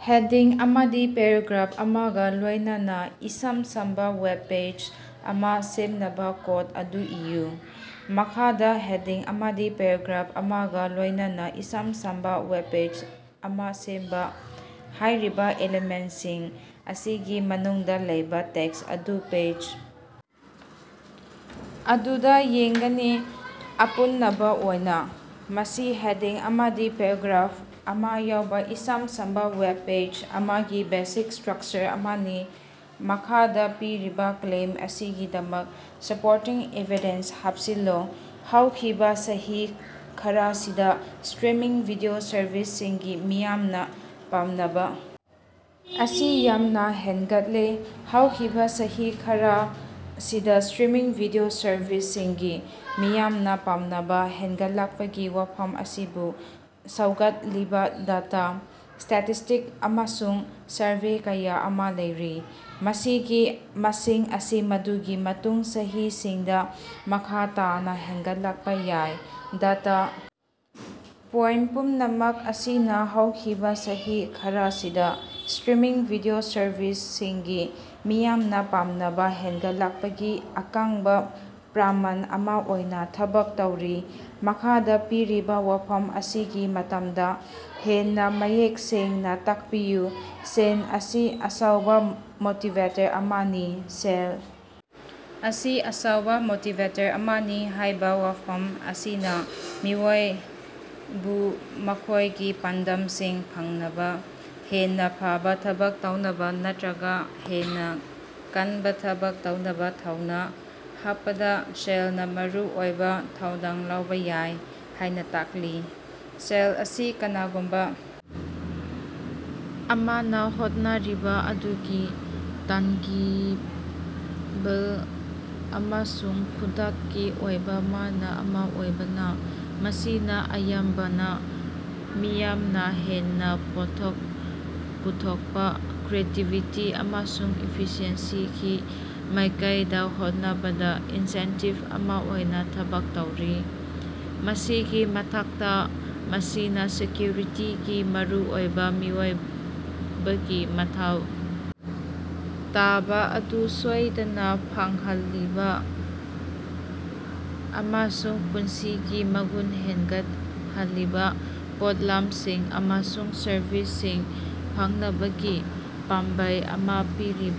Heading ꯑꯃꯗꯤ paragraph ꯑꯃꯒ ꯂꯣꯏꯅꯅ ꯏꯆꯝ ꯆꯝꯕ ꯋꯦꯕ ꯄꯦꯖ ꯑꯃ ꯁꯦꯝꯅꯕ ꯀꯣꯗ ꯑꯗꯨ ꯏꯌꯨ꯫ ꯃꯈꯥꯗ ꯍꯦꯗꯤꯡ ꯑꯃꯗꯤ ꯄꯦꯔꯥꯒ꯭ꯔꯥꯐ ꯑꯃꯒ ꯂꯣꯏꯅꯅ ꯏꯆꯝ ꯆꯝꯕ ꯋꯦꯕꯄꯦꯖ ꯑꯃ ꯁꯦꯝꯕ꯫ ꯍꯥꯏꯔꯤꯕ ꯑꯦꯂꯤꯃꯦꯟꯠꯁꯤꯡ ꯑꯁꯤꯒꯤ ꯃꯅꯨꯡꯗ ꯂꯩꯕ ꯇꯦꯛꯁ ꯑꯗꯨ ꯄꯦꯖ ꯑꯗꯨꯗ ꯌꯦꯡꯒꯅꯤ꯫ ꯑꯄꯨꯅꯕ ꯑꯣꯏꯅ, ꯃꯁꯤ ꯍꯦꯗꯤꯡ ꯑꯃꯗꯤ ꯄꯦꯔꯥꯒ꯭ꯔꯥꯐ ꯑꯃ ꯌꯥꯎꯕ ꯏꯆꯝ ꯆꯝꯕ ꯋꯦꯕ ꯄꯦꯖ ꯑꯃꯒꯤ ꯕꯦꯁꯤꯛ ꯁ꯭ꯇꯔꯛꯆꯔ ꯑꯃꯅꯤ꯫ ꯃꯈꯥꯗ ꯄꯤꯔꯤꯕ ꯀ꯭ꯂꯦꯝ ꯑꯁꯤꯒꯤꯗꯃꯛꯇ ꯁꯄꯣꯔꯇꯤꯡ ꯏꯚꯤꯗꯦꯟꯁ ꯍꯥꯞꯆꯤꯜꯂꯨ꯫ ꯍꯧꯈꯤꯕ ꯆꯍꯤ ꯈꯔꯁꯤꯗ ꯁ꯭ꯇꯔꯤꯃꯤꯡ ꯚꯤꯗꯤꯑꯣ ꯁꯔꯚꯤꯁꯁꯤꯡꯒꯤ ꯃꯤꯌꯥꯝꯅ ꯄꯥꯝꯅꯕ ꯑꯁꯤ ꯌꯥꯝꯅ ꯍꯦꯟꯒꯠꯂꯦ꯫ ꯍꯧꯈꯤꯕ ꯆꯍꯤ ꯈꯔꯁꯤꯗ ꯁ꯭ꯇꯔꯤꯃꯤꯡ ꯚꯤꯗꯤꯑꯣ ꯁꯔꯚꯤꯁꯁꯤꯡꯒꯤ ꯃꯤꯌꯥꯝꯅ ꯄꯥꯝꯅꯕ ꯍꯦꯟꯒꯠꯂꯛꯄꯒꯤ ꯋꯥꯐꯝ ꯑꯁꯤꯕꯨ ꯁꯧꯒꯠꯂꯤꯕ ꯗꯦꯇꯥ, ꯁ꯭ꯇꯦꯇꯤꯁ꯭ꯇꯤꯛꯁ ꯑꯃꯁꯨꯡ ꯁꯔꯚꯦ ꯀꯌꯥ ꯑꯃ ꯂꯩꯔꯤ꯫ ꯃꯁꯤꯒꯤ ꯃꯁꯤꯡ ꯑꯁꯤ ꯃꯗꯨꯒꯤ ꯃꯇꯨꯡ ꯆꯍꯤꯁꯤꯡꯗ ꯃꯈꯥ ꯇꯥꯅ ꯍꯦꯟꯒꯠꯂꯛꯄ ꯌꯥꯏ꯫ ꯗꯇꯥ ꯄꯣꯏꯟꯠ ꯄꯨꯝꯅꯃꯛ ꯑꯁꯤꯅ ꯍꯧꯈꯤꯕ ꯆꯍꯤ ꯈꯔꯁꯤꯗ ꯁ꯭ꯇꯔꯤꯃꯤꯡ ꯚꯤꯗꯤꯑꯣ ꯁꯔꯚꯤꯁꯁꯤꯡꯒꯤ ꯃꯤꯌꯥꯝꯅ ꯄꯥꯝꯅꯕ ꯍꯦꯟꯒꯠꯂꯛꯄꯒꯤ ꯑꯀꯟꯕ ꯄ꯭ꯔꯃꯥꯟ ꯑꯃ ꯑꯣꯏꯅ ꯊꯕꯛ ꯇꯧꯔꯤ꯫ ꯃꯈꯥꯗ ꯄꯤꯔꯤꯕ ꯋꯥꯐꯝ ꯑꯁꯤꯒꯤ ꯃꯇꯝꯗ ꯍꯦꯟꯅ ꯃꯌꯦꯛ ꯁꯦꯡꯅ ꯇꯥꯛꯄꯤꯌꯨ꯫ ꯁꯦꯟ ꯑꯁꯤ ꯑꯆꯧꯕ ꯃꯣꯇꯤꯕꯦꯇꯔ ꯑꯃꯅꯤ꯫ "ꯁꯦꯜ ꯑꯁꯤ ꯑꯆꯧꯕ ꯃꯣꯇꯤꯕꯦꯇꯔ ꯑꯃꯅꯤ" ꯍꯥꯏꯕ ꯋꯥꯐꯝ ꯑꯁꯤꯅ ꯃꯤꯑꯣꯏ ꯑꯃꯕꯨ ꯃꯈꯣꯏꯒꯤ ꯄꯥꯟꯗꯝꯁꯤꯡ ꯐꯪꯅꯕ, ꯍꯦꯟꯅ ꯐꯕ ꯊꯕꯛ ꯇꯧꯅꯕ ꯅꯠꯇ꯭ꯔꯒ ꯍꯦꯟꯅ ꯀꯟꯅ ꯊꯕꯛ ꯇꯧꯅꯕ ꯊꯧꯅꯥ ꯍꯥꯞꯄꯗ ꯁꯦꯜꯅ ꯃꯔꯨꯑꯣꯏꯕ ꯊꯧꯗꯥꯡ ꯂꯧꯕ ꯌꯥꯏ ꯍꯥꯏꯅ ꯇꯥꯛꯂꯤ꯫ ꯁꯦꯜ ꯑꯁꯤ ꯀꯅꯥꯒꯨꯝꯕ ꯑꯃꯅ ꯍꯣꯠꯅꯔꯤꯕ ꯑꯗꯨꯒꯤ ꯇꯟꯒꯤꯕꯜ ꯑꯃꯁꯨꯡ ꯈꯨꯗꯛꯀꯤ ꯑꯣꯏꯕ ꯃꯅꯥ ꯑꯃ ꯑꯣꯏꯕꯅ, ꯃꯁꯤꯅ ꯑꯌꯥꯝꯕꯅ ꯃꯤꯌꯥꯝꯅ ꯍꯦꯟꯅ ꯄꯣꯠꯊꯣꯛ ꯄꯨꯊꯣꯛꯄ, ꯀ꯭ꯔꯤꯌꯦꯇꯤꯕꯤꯇꯤ ꯑꯃꯁꯨꯡ ꯏꯐꯤꯁꯤꯑꯦꯟꯁꯤꯒꯤ ꯃꯥꯏꯀꯩꯗ ꯍꯣꯠꯅꯕꯗ ꯏꯟꯁꯦꯟꯇꯤꯕ ꯑꯃ ꯑꯣꯏꯅ ꯊꯕꯛ ꯇꯧꯏ꯫ ꯃꯁꯤꯒꯤ ꯃꯊꯛꯇ, ꯃꯁꯤꯅ ꯁꯦꯀ꯭ꯌꯨꯔꯤꯇꯤꯒꯤ ꯃꯔꯨꯑꯣꯏꯕ ꯃꯤꯑꯣꯏꯕꯒꯤ ꯃꯊꯧ ꯇꯥꯕ ꯑꯗꯨ ꯁꯣꯏꯗꯅ ꯐꯪꯍꯜꯂꯤꯕ ꯑꯃꯁꯨꯡ ꯄꯨꯟꯁꯤꯒꯤ ꯃꯒꯨꯟ ꯍꯦꯟꯒꯠꯍꯜꯂꯤꯕ ꯄꯣꯠꯂꯝꯁꯤꯡ ꯑꯃꯁꯨꯡ ꯁꯔꯕꯤꯁꯁꯤꯡ ꯐꯪꯅꯕꯒꯤ ꯄꯥꯝꯕꯩ ꯑꯃ ꯄꯤꯔꯤ꯫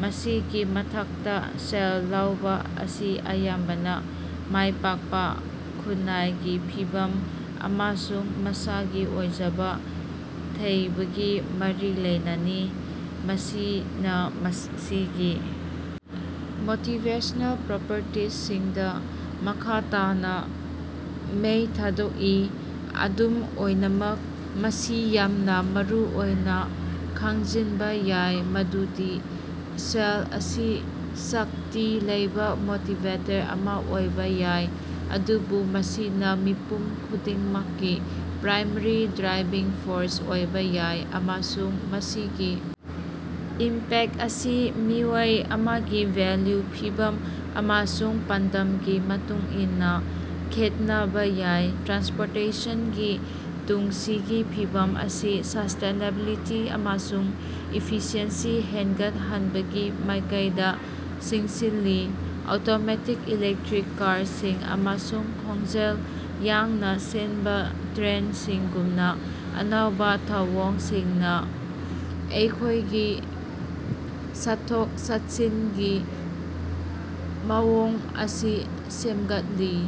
ꯃꯁꯤꯒꯤ ꯃꯊꯛꯇ, ꯁꯦꯟ ꯂꯧꯕ ꯑꯁꯤ ꯑꯌꯥꯝꯕꯅ ꯃꯥꯏ ꯄꯥꯛꯄ, ꯈꯨꯟꯅꯥꯏꯒꯤ ꯐꯤꯚꯝ, ꯑꯃꯁꯨꯡ ꯃꯁꯥꯒꯤ ꯑꯣꯏꯖꯕ ꯊꯤꯕꯒ ꯃꯔꯤ ꯂꯩꯅꯩ, ꯃꯁꯤꯅ ꯃꯁꯤꯒꯤ ꯃꯣꯇꯤꯕꯦꯁꯅꯦꯜ ꯄ꯭ꯔꯣꯄꯔꯇꯤꯁꯤꯡꯗ ꯃꯈꯥ ꯇꯥꯅ ꯃꯩ ꯊꯥꯗꯣꯛꯏ꯫ ꯑꯗꯨꯝ ꯑꯣꯏꯅꯃꯛ, ꯃꯁꯤ ꯌꯥꯝꯅ ꯃꯔꯨꯑꯣꯏꯅ ꯈꯪꯖꯤꯟꯕ ꯌꯥꯏ ꯃꯗꯨꯗꯤ ꯁꯦꯜ ꯑꯁꯤ ꯁꯛꯇꯤ ꯂꯩꯕ ꯃꯣꯇꯤꯕꯦꯇꯔ ꯑꯃ ꯑꯣꯏꯕ ꯌꯥꯏ, ꯑꯗꯨꯕꯨ ꯃꯁꯤꯅ ꯃꯤꯄꯨꯝ ꯈꯨꯗꯤꯡꯃꯛꯀꯤ ꯄ꯭ꯔꯥꯏꯃꯥꯔꯤ ꯗ꯭ꯔꯥꯏꯚꯤꯡ ꯐꯣꯔꯁ ꯑꯣꯏꯕ ꯌꯥꯏ, ꯑꯃꯁꯨꯡ ꯃꯁꯤꯒꯤ ꯏꯝꯄꯦꯛ ꯑꯁꯤ ꯃꯤꯑꯣꯏ ꯑꯃꯒꯤ ꯚꯦꯜꯌꯨ, ꯐꯤꯚꯝ ꯑꯃꯁꯨꯡ ꯄꯥꯟꯗꯝꯒꯤ ꯃꯇꯨꯡꯏꯟꯅ ꯈꯦꯠꯅꯕ ꯌꯥꯏ꯫ ꯇ꯭ꯔꯥꯟꯁꯄꯣꯔꯇꯦꯁꯟꯒꯤ ꯇꯨꯡꯒꯤ ꯐꯤꯕꯝ ꯑꯁꯤ ꯁ꯭ꯁꯇꯦꯅꯦꯕꯤꯂꯤꯇꯤ ꯑꯃꯁꯨꯡ ꯏꯐꯤꯁꯤꯑꯦꯟꯁꯤ ꯍꯦꯟꯒꯠꯍꯟꯕꯒꯤ ꯃꯥꯏꯀꯩꯗ ꯆꯪꯁꯤꯜꯂꯤꯕ ꯎꯕ ꯐꯪꯏ, ꯑꯣꯇꯣꯅꯣꯃꯁ ꯏꯂꯦꯛꯇ꯭ꯔꯤꯛ ꯒꯥꯔꯤꯁꯤꯡ ꯑꯃꯁꯨꯡ ꯈꯣꯡꯖꯦꯜ ꯌꯥꯡꯅ ꯆꯦꯟꯕ ꯇ꯭ꯔꯦꯟꯁꯤꯡꯒꯨꯝꯕ ꯑꯅꯧꯕ ꯊꯧꯑꯣꯡꯁꯤꯡꯅ ꯑꯩꯈꯣꯏꯒꯤ ꯆꯠꯊꯣꯛ-ꯆꯠꯁꯤꯟꯒꯤ ꯃꯑꯣꯡ ꯑꯁꯤ ꯁꯦꯝꯒꯠꯂꯤ꯫